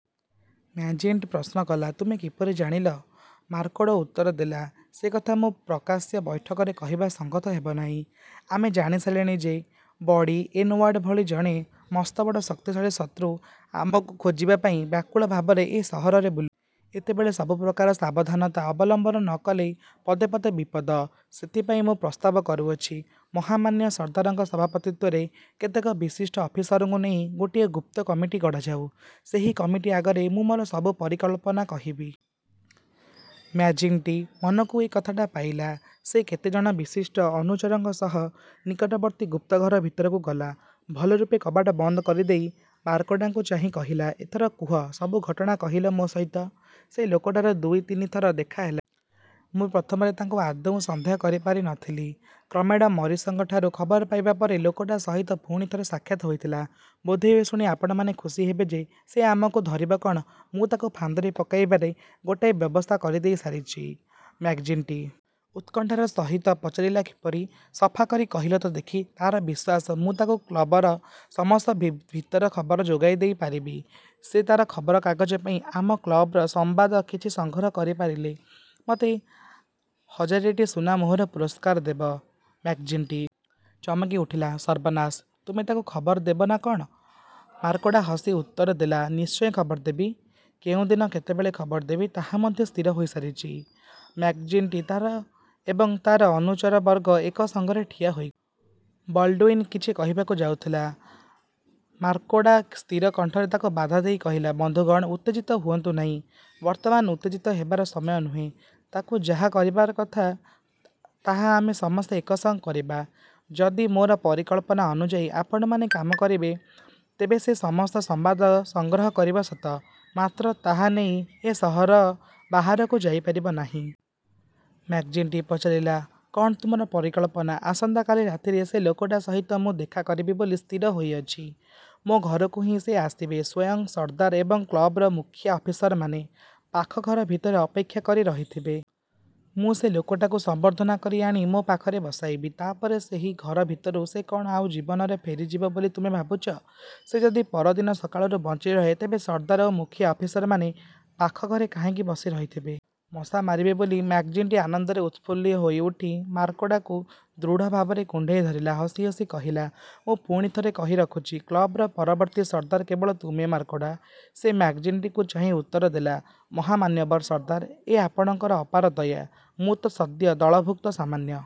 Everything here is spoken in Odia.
ମ୍ୟାକ୍ଜିଣ୍ଟି ପ୍ରଶ୍ନ କଲା, ତୁମେ କିପରି ଜାଣିଲ? ମ୍ୟାକ୍ମାର୍ଡ଼ୋ ଉତ୍ତର ଦେଲା, ସେ କଥା ମୁଁ ପ୍ରକାଶ୍ୟ ବୈଠକରେ କହିବା ସଙ୍ଗତ ହେବ ନାହିଁ। ଆମେ ଜାଣିସାରିଲେଣି ଯେ, ବର୍ଡ଼ି ଏନଓ୍ୟାର୍ଡ଼ ଭଳି ଜଣେ ମସ୍ତବଡ଼, ଶକ୍ତିଶାଳୀ ଶତ୍ରୁ ଆମକୁ ଖୋଜିବା ପାଇଁ ବ୍ୟାକୁଳ ଭାବରେ ଏ ସହରରେ ବୁଲୁଅଛି। ଏତେବେଳେ ସବୁ ପ୍ରକାର ସାବଧାନତା ଅବଲମ୍ବନ ନ କଲେ ପଦେ ପଦେ ବିପଦ। ସେଥିପାଇଁ ମୁଁ ପ୍ରସ୍ତାବ କରୁଅଛି, ମହାମାନ୍ୟ ସର୍ଦ୍ଦାରଙ୍କ ସଭାପତିତ୍ୱରେ କେତେକ ବିଶିଷ୍ଟ ଅଫିସରଙ୍କୁ ନେଇ ଗୋଟିଏ ଗୁପ୍ତ କମିଟି ଗଢ଼ାଯାଉ। ସେହି କମିଟି ଆଗରେ ମୁଁ ମୋର ସବୁ ପରିକଳ୍ପନା କହିବି। ମ୍ୟାକ୍ଜିଣ୍ଟି ମନକୁ ଏ କଥାଟା ପାଇଲା। ସେ କେତେ ଜଣ ବିଶିଷ୍ଟ ଅନୁଚରଙ୍କ ସହ ନିକଟବର୍ତ୍ତୀ ଗୁପ୍ତଘର ଭିତରକୁ ଗଲା। ଭଲରୂପେ କବାଟ ବନ୍ଦ କରିଦେଇ ମ୍ୟାକ୍ମାର୍ଡ଼ୋକୁ ଚାହିଁ କହିଲା, ଏଥର କୁହ, ସବୁ ଘଟଣା କହିଲ ମୋ ସହିତ ସେ ଲୋକଟାର ଦୁଇତିନି ଥର ଦେଖା ହେଲାଣି। ମୁଁ ପ୍ରଥମରେ ତାକୁ ଆଦୌ ସନ୍ଦେହ କରିପାରି ନ ଥିଲି। କମ୍ରେଡ଼ ମରିସଙ୍କଠାରୁ ଖବର ପାଇବା ପରେ ଲୋକଟା ସହିତ ପୁଣି ଥରେ ସାକ୍ଷାତ ହୋଇଥିଲା। ବୋଧହୁଏ ଶୁଣି ଆପଣମାନେ ଖୁସି ହେବେ ଯେ, ସେ ଆମକୁ ଧରିବ କଣ, ମୁଁ ତାକୁ ଫାନ୍ଦରେ ପକାଇବାର ଗୋଟାଏ ବ୍ୟବସ୍ଥା କରିଦେଇ ସାରିଛି। ମ୍ୟାକ୍ଜିଣ୍ଟି ଉତ୍କଣ୍ଠାର ସହିତ ପଚାରିଲା କିପରି? ସଫା କରି କହିଲ ତ ଦେଖି। ତାର ବିଶ୍ୱାସ, ମୁଁ ତାକୁ କ୍ଳବର ସମସ୍ତ ଭିତର ଖବର ଯୋଗାଇଦେଇପାରିବି। ସେ ତାର ଖବରକାଗଜ ପାଇଁ ଆମ କ୍ଳବର ସମ୍ବାଦ କିଛି ସଂଗ୍ରହ କରିପାରିଲେ ମୋତେ ହଜାରେଟି ସୁନା ମୋହର ପୁରସ୍କାର ଦେବ। ମ୍ୟାକ୍ଜିଣ୍ଟି ଚମକି ଉଠିଲା, ସର୍ବନାଶ, ତୁମେ ତାକୁ ଖବର ଦେବ ନା କଣ? ମ୍ୟାକ୍ମାର୍ଡ଼ୋ ହସିହସି ଉତ୍ତର ଦେଲା, ନିଶ୍ଚୟ ଖବର ଦେବି। କେଉଁ ଦିନ କେତେବେଳେ ଖବର ଦେବି, ତାହା ମଧ୍ୟ ସ୍ଥିର ହୋଇଯାଇଛି। ମ୍ୟାକ୍ଜିଣ୍ଟି ଏବଂ ତାର ଅନୁଚରବର୍ଗ ଏକସଙ୍ଗରେ ଠିଆ ହୋଇଗଲେ। ବଲ୍ଡ଼ୁଇନ କିଛି କହିବାକୁ ଯାଉଥିଲା, ମ୍ୟାକ୍ମାର୍ଡ଼ୋ ସ୍ଥିର କଣ୍ଠରେ ତାକୁ ବାଧା ଦେଇ କହିଲା, ବନ୍ଧୁଗଣ, ଉତ୍ତେଜିତ ହୁଅନ୍ତୁ ନାହିଁ। ବର୍ତ୍ତମାନ ଉତ୍ତେଜିତ ହେବାର ସମୟ ନୁହେଁ। ତାକୁ ଯାହା କରିବାର କଥା, ତାହା ଆମେ ସମସ୍ତେ ଏକସଙ୍ଗେ କରିବା। ଯଦି ମୋ ପରିକଳ୍ପନା ଅନୁଯାୟୀ ଆପଣମାନେ କାମ କରିବେ, ତେବେ ସେ ସମସ୍ତ ସମ୍ବାଦ ସଂଗ୍ରହ କରିବ ସତ; ମାତ୍ର ତାହା ନେଇ ଏ ସହର ବାହାରକୁ ଯାଇପାରିବ ନାହିଁ। ମ୍ୟାକ୍ଜିଣ୍ଟି ପଚାରିଲା, କଣ ତୁମର ପରିକଳ୍ପନା? ଆସନ୍ତା କାଲି ରାତିରେ ସେ ଲୋକଟା ସହିତ ମୁଁ ଦେଖା କରିବି ବୋଲି ସ୍ଥିର ହୋଇଅଛି। ମୋ ଘରକୁ ହିଁ ସେ ଆସିବେ। ସ୍ୱୟଂ ସର୍ଦ୍ଦାର ଏବଂ କ୍ଳବର ମୁଖିଆ ଅଫିସରମାନେ ପାଖ ଘର ଭିତରେ ଅପେକ୍ଷା କରି ରହିଥିବେ। ମୁଁ ସେ ଲୋକଟାକୁ ସମ୍ବର୍ଦ୍ଧନା କରି ଆଣି ମୋ ପାଖରେ ବସାଇବି। ତା ପରେ ସେହି ଘର ଭିତରୁ ସେ କଣ ଆଉ ଜୀବନରେ ଫେରିଯିବ ବୋଲି ତୁମେ ଭାବୁଛ? ସେ ଯଦି ପର ଦିନ ସକାଳକୁ ବଞ୍ଚିରହେ, ତେବେ ସର୍ଦ୍ଦାର ଓ ମୁଖିଆ ଅଫିସରମାନେ ପାଖ ଘରେ କାହିଁକି ବସି ରହିଥିବେ? ମଶା ମାରିବେ ବୋଲି? ମ୍ୟାକ୍ଜିଣ୍ଟି ଆନନ୍ଦରେ ଉତ୍ଫୁଲ୍ଲ ହୋଇଉଠି ମ୍ୟାକ୍ମାର୍ଡ଼ୋକୁ ଦୃଢ଼ଭାବରେ କୁଣ୍ଢାଇ ଧରିଲା। ହସିହସି କହିଲା, ମୁଁ ପୁଣି ଥରେ କହି ରଖୁଛି, କ୍ଳବର ପରବର୍ତ୍ତୀ ସର୍ଦ୍ଦାର କେବଳ ତୁମେ ମ୍ୟାକ୍ମାର୍ଡ଼ୋ। ସେ ମ୍ୟାକ୍ଜିଣ୍ଟିକୁ ଚାହିଁ ଉତ୍ତର ଦେଲା, ମହାମାନ୍ୟବର ସର୍ଦ୍ଦାର, ଏ ଆପଣଙ୍କର ଅପାର ଦୟା। ମୁଁ ତ ସଦ୍ୟ ଦଳଭୁକ୍ତ ସାମାନ୍ୟ..